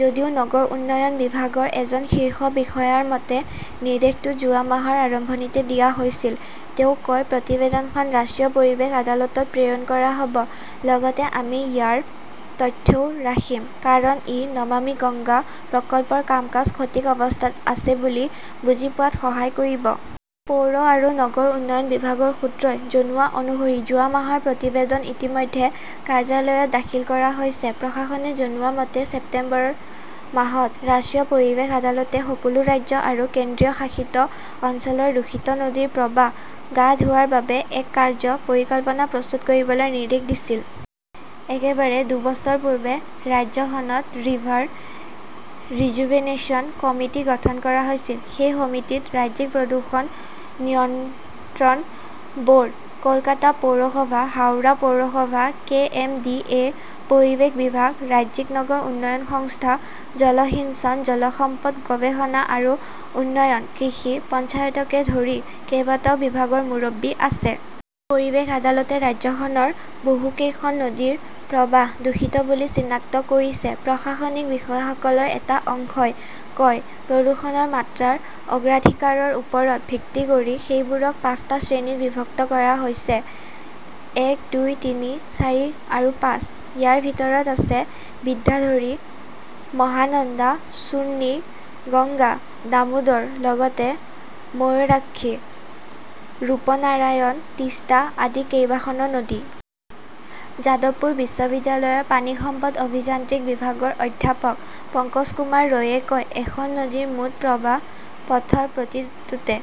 যদিও নগৰ উন্নয়ন বিভাগৰ এজন শীৰ্ষ বিষয়াৰ মতে, নিৰ্দেশটো যোৱা মাহৰ আৰম্ভণিতে দিয়া হৈছিল। তেওঁ কয়, প্ৰতিবেদনখন ৰাষ্ট্ৰীয় পৰিৱেশ আদালতত প্ৰেৰণ কৰা হ'ব। লগতে আমি ইয়াৰ তথ্যও ৰাখিম। কাৰণ, ই নমামি গংগা প্ৰকল্পৰ কাম-কাজ সঠিক অৱস্থাত আছে বুলি বুজি পোৱাত সহায় কৰিব। পৌৰ আৰু নগৰ উন্নয়ন বিভাগৰ সূত্ৰই জনোৱা অনুসৰি যোৱা মাহৰ প্ৰতিবেদন ইতিমধ্যে কাৰ্যালয়ত দাখিল কৰা হৈছে। প্ৰশাসনে জনোৱা মতে, ছেপ্টেম্বৰ মাহত ৰাষ্ট্ৰীয় পৰিৱেশ আদালতে সকলো ৰাজ্য আৰু কেন্দ্ৰীয় শাসিত অঞ্চলৰ দূষিত নদীৰ প্ৰৱাহ গা ধোৱাৰ বাবে এক কাৰ্য্য পৰিকল্পনা প্ৰস্তুত কৰিবলৈ নিৰ্দেশ দিছিল। একেদৰে, দুবছৰ পূৰ্বে ৰাজ্যখনত ৰিভাৰ ৰিজুভেনেশ্যন কমিটি গঠন কৰা হৈছিল। সেই সমিতিত ৰাজ্যিক প্ৰদূষণ নিয়ন্ত্ৰণ ব'ৰ্ড, কলকাতা পৌৰসভা, হাওৰা পৌৰসভা, কে. এম. ডি. এ., পৰিৱেশ বিভাগ, ৰাজ্যিক নগৰ উন্নয়ন সংস্থা, জলসিঞ্চন, জল সম্পদ গৱেষণা আৰু উন্নয়ন, কৃষি, পঞ্চায়তকে ধৰি কেইবাটাও বিভাগৰ মুৰব্বী আছে। পৰিৱেশ আদালতে ৰাজ্যখনৰ বহুকেইখন নদীৰ প্ৰৱাহ দূষিত বুলি চিনাক্ত কৰিছে, প্ৰশাসনিক বিষয়াসকলৰ এটা অংশই কয়। প্ৰদূষণৰ মাত্ৰাৰ অগ্ৰাধিকাৰৰ ওপৰত ভিত্তি কৰি সেইবোৰক পাঁচটা শ্ৰেণীত বিভক্ত কৰা হৈছে-এক, দুই, তিনি, চাৰি আৰু পাঁচ। ইয়াৰ ভিতৰত আছে বিদ্যাধৰী, মহানন্দা, চুৰ্ণী, গংগা, দামোদৰ, লগতে ময়ূৰাক্ষী, ৰূপনাৰায়ণ, তিষ্টা আদি কেইবাখনো নদী। যাদৱপুৰ বিশ্ববিদ্যালয়ৰ পানী সম্পদ অভিযান্ত্ৰিক বিভাগৰ অধ্যাপক পঙ্কজকুমাৰ ৰয়ে কয়, এখন নদীৰ মুঠ প্ৰবাহ পথৰ প্ৰতিটোতে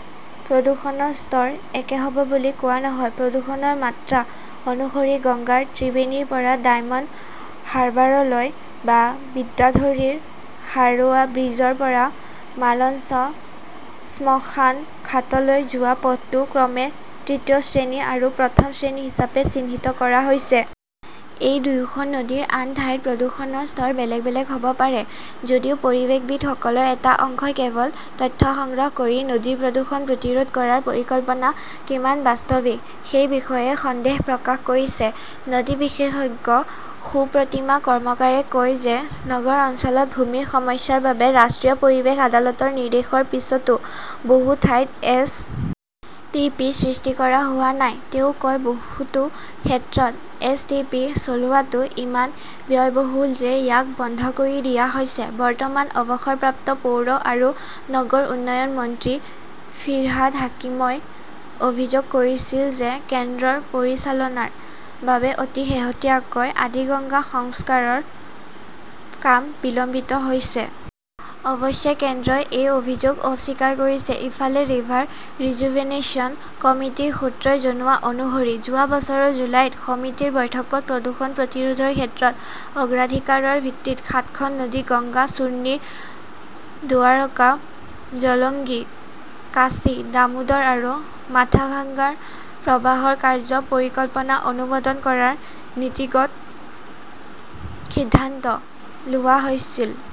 প্ৰদূষণৰ স্তৰ একে হ'ব বুলি কোৱা নহয়। প্ৰদূষণৰ মাত্ৰা অনুসৰি গংগাৰ ত্ৰিবেণীৰ পৰা ডায়মণ্ড হাৰ্বাৰলৈ বা বিদ্যাধৰীৰ হাৰোৱা ব্ৰীজৰ পৰা মালঞ্চ শ্মশান ঘাটলৈ যোৱা পথটো ক্ৰমে তৃতীয় শ্ৰেণী আৰু প্ৰথম শ্ৰেণী হিচাপে চিহ্নিত কৰা হৈছে। এই দুয়োখন নদীৰ আন ঠাইত প্ৰদূষণৰ স্তৰ বেলেগ বেলেগ হ'ব পাৰে। যদিও পৰিৱেশবিদসকলৰ এটা অংশই কেৱল তথ্য সংগ্ৰহ কৰি নদীৰ প্ৰদূষণ প্ৰতিৰোধ কৰাৰ পৰিকল্পনা কিমান বাস্তৱিক সেই বিষয়ে সন্দেহ প্ৰকাশ কৰিছে। নদী বিশেষজ্ঞ সুপ্ৰতীমা কৰ্মকাৰে কয় যে নগৰ অঞ্চলত ভূমিৰ সমস্যাৰ বাবে ৰাষ্ট্ৰীয় পৰিৱেশ আদালতৰ নিৰ্দেশৰ পিছতো বহু ঠাইত এছ. টি. পি. সৃষ্টি কৰা হোৱা নাই। তেওঁ কয়, বহুতো ক্ষেত্ৰত এছ. টি. পি. চলোৱাটো ইমান ব্যয়বহুল যে ইয়াক বন্ধ কৰি দিয়া হৈছে। বৰ্তমান অৱসৰপ্ৰাপ্ত পৌৰ আৰু নগৰ উন্নয়ন মন্ত্ৰী ফিৰহাদ হাকিমই অভিযোগ কৰিছিল যে কেন্দ্ৰৰ পৰিচালনাৰ বাবে অতি শেহতীয়াকৈ আদিগঙ্গা সংস্কাৰৰ কাম বিলম্বিত হৈছে। অৱশ্যে কেন্দ্ৰই এই অভিযোগ অস্বীকাৰ কৰিছে। ইফালে, ৰিভাৰ ৰিজুভেনেশ্যন কমিটিৰ সূত্ৰই জনোৱা অনুসৰি, যোৱা বছৰৰ জুলাইত সমিতিৰ বৈঠকত প্ৰদূষণ প্ৰতিৰোধৰ ক্ষেত্ৰত অগ্ৰাধিকাৰৰ ভিত্তিত সাতখন নদী-গংগা, চুৰ্নী, দুৱাৰকা, জলংগী, কাঁচি, দামোদৰ আৰু মাথাভাঙ্গাৰ প্ৰবাহৰ কাৰ্য্য পৰিকল্পনা অনুমোদন কৰাৰ নীতিগত সিদ্ধান্ত লোৱা হৈছিল।